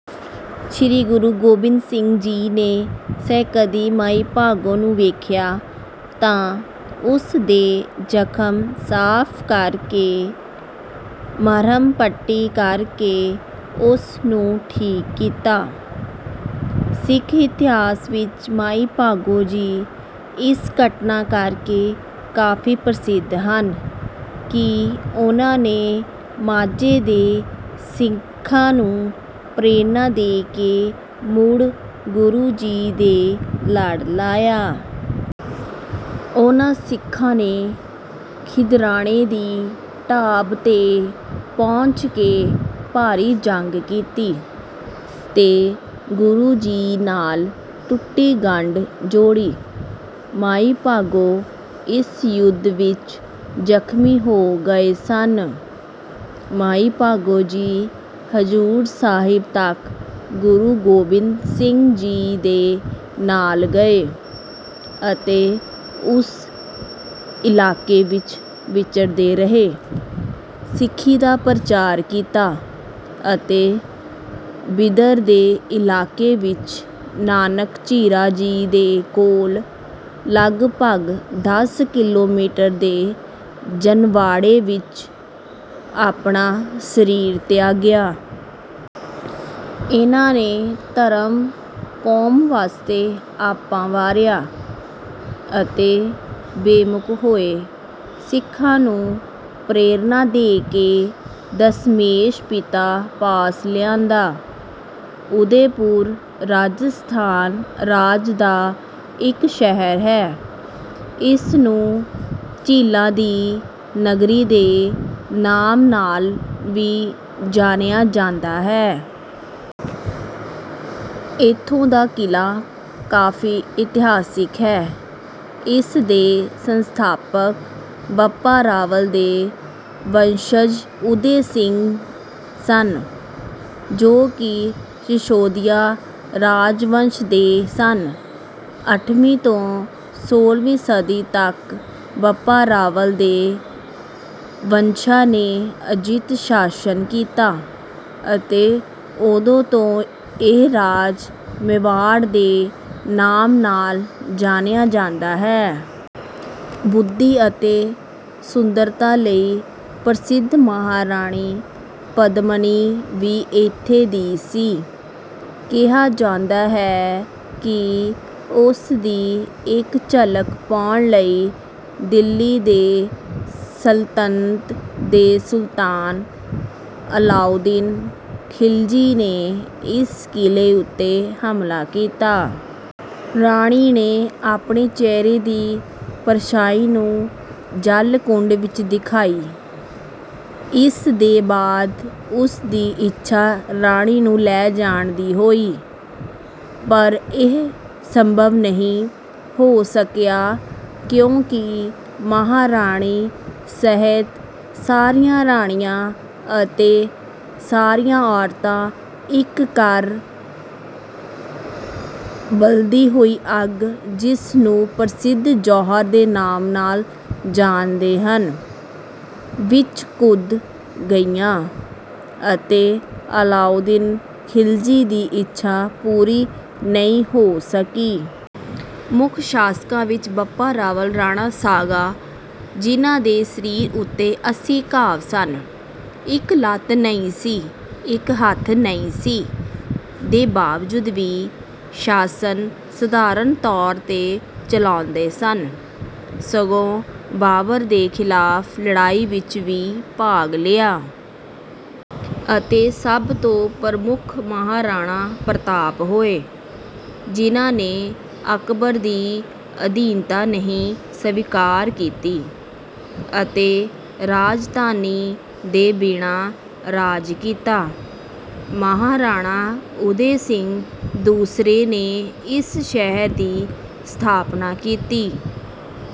ਸ੍ਰੀ ਗੁਰੂ ਗੋਬਿੰਦ ਸਿੰਘ ਜੀ ਨੇ ਸਹਿਕਦੀ ਮਾਈ ਭਾਗੋ ਨੂੰ ਵੇਖਿਆ, ਤਾਂ ਉਸ ਦੇ ਜ਼ਖਮ ਸਾਫ਼ ਕਰਕੇ, ਮਰ੍ਹਮ ਪੱਟੀ ਕਰਕੇ ਉਸ ਨੂੰ ਠੀਕ ਕੀਤਾ। ਸਿੱਖ ਇਤਿਹਾਸ ਵਿਚ ਮਾਈ ਭਾਗੋ ਜੀ ਇਸ ਘਟਨਾ ਕਰਕੇ ਕਾਫੀ ਪ੍ਰਸਿੱਧ ਹਨ, ਕਿ ਉਨ੍ਹਾਂ ਨੇ ਮਾਝੇ ਦੇ ਸਿੱਖਾਂ ਨੂੰ ਪ੍ਰੇਰਣਾ ਦੇ ਕੇ ਮੁੜ ਗੁਰੂ ਜੀ ਦੇ ਲੜ ਲਾਇਆ। ਉਨ੍ਹਾਂ ਸਿੱਖਾਂ ਨੇ ਖਿਦਰਾਣੇ ਦੀ ਢਾਬ 'ਤੇ ਪਹੁੰਚ ਕੇ ਭਾਰੀ ਜੰਗ ਕੀਤੀ, ਤੇ ਗੁਰੂ ਜੀ ਨਾਲ ਟੁੱਟੀ ਗੰਢ ਜੋੜੀ। ਮਾਈ ਭਾਗੋ ਇਸ ਯੁੱਧ ਵਿਚ ਜ਼ਖਮੀ ਹੋ ਗਏ ਸਨ। ਮਾਈ ਭਾਗੋ ਜੀ ਹਜ਼ੂਰ ਸਾਹਿਬ ਤੱਕ ਗੁਰੂ ਗੋਬਿੰਦ ਸਿੰਘ ਜੀ ਦੇ ਨਾਲ ਗਏ, ਅਤੇ ਉਸ ਇਲਾਕੇ ਵਿਚ ਵਿਚਰਦੇ ਰਹੇ, ਸਿੱਖੀ ਦਾ ਪ੍ਰਚਾਰ ਕੀਤਾ, ਅਤੇ ਬਿਦਰ ਦੇ ਇਲਾਕੇ ਵਿਚ ਨਾਨਕ ਝੀਰਾ ਜੀ ਦੇ ਕੋਲ, ਲਗਭਗ ਦਸ ਕਿਲੋਮੀਟਰ ਦੇ ਜਨਵਾੜੇ ਵਿਚ ਆਪਣਾ ਸਰੀਰ ਤਿਆਗਿਆ। ਇਨ੍ਹਾਂ ਨੇ ਧਰਮ, ਕੌਮ ਵਾਸਤੇ ਆਪਾ ਵਾਰਿਆ, ਅਤੇ ਬੇਮੁੱਖ ਹੋਏ ਸਿੱਖਾਂ ਨੂੰ ਪ੍ਰੇਰਨਾ ਦੇ ਕੇ ਦਸਮੇਸ਼ ਪਿਤਾ ਪਾਸ ਲਿਆਂਦਾ। ਉਦੈਪੁਰ ਰਾਜਸਥਾਨ ਰਾਜ ਦਾ ਇੱਕ ਸ਼ਹਿਰ ਹੈ। ਇਸਨੂੰ ਝੀਲਾਂ ਦੀ ਨਗਰੀ ਦੇ ਨਾਮ ਨਾਲ ਵੀ ਜਾਣਿਆ ਜਾਂਦਾ ਹੈ। ਇੱਥੋਂ ਦਾ ਕਿਲ੍ਹਾ ਕਾਫੀ ਇਤਿਹਾਸਿਕ ਹੈ। ਇਸ ਦੇ ਸੰਸਥਾਪਕ ਬੱਪਾ ਰਾਵਲ ਦੇ ਵੰਸ਼ਜ ਉਦੈ ਸਿੰਘ ਸਨ, ਜੋ ਕਿ ਸ਼ਿਸ਼ੋਦੀਆ ਰਾਜਵੰਸ਼ ਦੇ ਸਨ। ਅੱਠਵੀਂ ਤੋਂ ਸੋਲ੍ਹਵੀਂ ਸਦੀ ਤੱਕ ਬੱਪਾ ਰਾਵਲ ਦੇ ਵੰਸ਼ਜਾਂ ਨੇ ਅਜਿੱਤ ਸ਼ਾਸਨ ਕੀਤਾ, ਅਤੇ ਉਦੋਂ ਤੋਂ ਇਹ ਰਾਜ ਮੇਵਾੜ ਦੇ ਨਾਮ ਨਾਲ ਜਾਣਿਆ ਜਾਂਦਾ ਹੈ। ਬੁੱਧੀ ਅਤੇ ਸੁੰਦਰਤਾ ਲਈ ਪ੍ਰਸਿੱਧ ਮਹਾਰਾਣੀ ਪਦਮਨੀ ਵੀ ਇੱਥੇ ਦੀ ਸੀ। ਕਿਹਾ ਜਾਂਦਾ ਹੈ ਕਿ ਉਸ ਦੀ ਇੱਕ ਝਲਕ ਪਾਉਣ ਲਈ ਦਿੱਲੀ ਦੇ ਸਲਤਨਤ ਦੇ ਸੁਲਤਾਨ ਅਲਾਉਦੀਨ ਖਿਲਜੀ ਨੇ ਇਸ ਕਿਲੇ ਉੱਤੇ ਹਮਲਾ ਕੀਤਾ। ਰਾਣੀ ਨੇ ਆਪਣੇ ਚਿਹਰੇ ਦੀ ਪਰਛਾਈ ਨੂੰ ਜਲ ਕੁੰਡ ਵਿੱਚ ਦਿਖਾਈ। ਇਸ ਦੇ ਬਾਅਦ ਉਸ ਦੀ ਇੱਛਾ ਰਾਣੀ ਨੂੰ ਲੈ ਜਾਣ ਦੀ ਹੋਈ। ਪਰ ਇਹ ਸੰਭਵ ਨਹੀਂ ਹੋ ਸਕਿਆ। ਕਿਉਂਕਿ ਮਹਾਰਾਣੀ ਸਹਿਤ ਸਾਰੀਆਂ ਰਾਣੀਆਂ ਅਤੇ ਸਾਰੀਆਂ ਔਰਤਾਂ ਇੱਕ ਕਰ ਬਲਦੀ ਹੋਈ ਅੱਗ, ਜਿਸ ਨੂੰ ਪ੍ਰਸਿੱਧ ਜੌਹਰ ਦੇ ਨਾਮ ਨਾਲ ਜਾਣਦੇ ਹਨ, ਵਿੱਚ ਕੁੱਦ ਗਈਆਂ, ਅਤੇ ਅਲਾਉਦੀਨ ਖਿਲਜੀ ਦੀ ਇੱਛਾ ਪੂਰੀ ਨਹੀਂ ਹੋ ਸਕੀ। ਮੁੱਖ ਸ਼ਾਸਕਾਂ ਵਿੱਚ ਬੱਪਾ ਰਾਵਲ, ਰਾਣਾ ਸਾਂਗਾ ਜਿਹਨਾਂ ਦੇ ਸਰੀਰ ਉੱਤੇ ਅੱਸੀ ਘਾਵ ਸਨ, ਇੱਕ ਲੱਤ ਨਹੀਂ ਸੀ, ਇੱਕ ਹੱਥ ਨਹੀਂ ਸੀ, ਦੇ ਬਾਵਜੂਦ ਵੀ ਸ਼ਾਸਨ ਸਧਾਰਨ ਤੌਰ ਤੇ ਚਲਾਉਂਦੇ ਸਨ, ਸਗੋਂ ਬਾਬਰ ਦੇ ਖਿਲਾਫ ਲੜਾਈ ਵਿੱਚ ਵੀ ਭਾਗ ਲਿਆ। ਅਤੇ ਸਭ ਤੋਂ ਪ੍ਰਮੁੱਖ ਮਹਾਰਾਣਾ ਪ੍ਰਤਾਪ ਹੋਏ, ਜਿਹਨਾਂ ਨੇ ਅਕਬਰ ਦੀ ਅਧੀਨਤਾ ਨਹੀਂ ਸਵੀਕਾਰ ਕੀਤੀ, ਅਤੇ ਰਾਜਧਾਨੀ ਦੇ ਬਿਨਾਂ ਰਾਜ ਕੀਤਾ। ਮਹਾਰਾਣਾ ਉਦੈ ਸਿੰਘ ਦੂਸਰੇ ਨੇ ਇਸ ਸ਼ਹਿਰ ਦੀ ਸਥਾਪਨਾ ਕੀਤੀ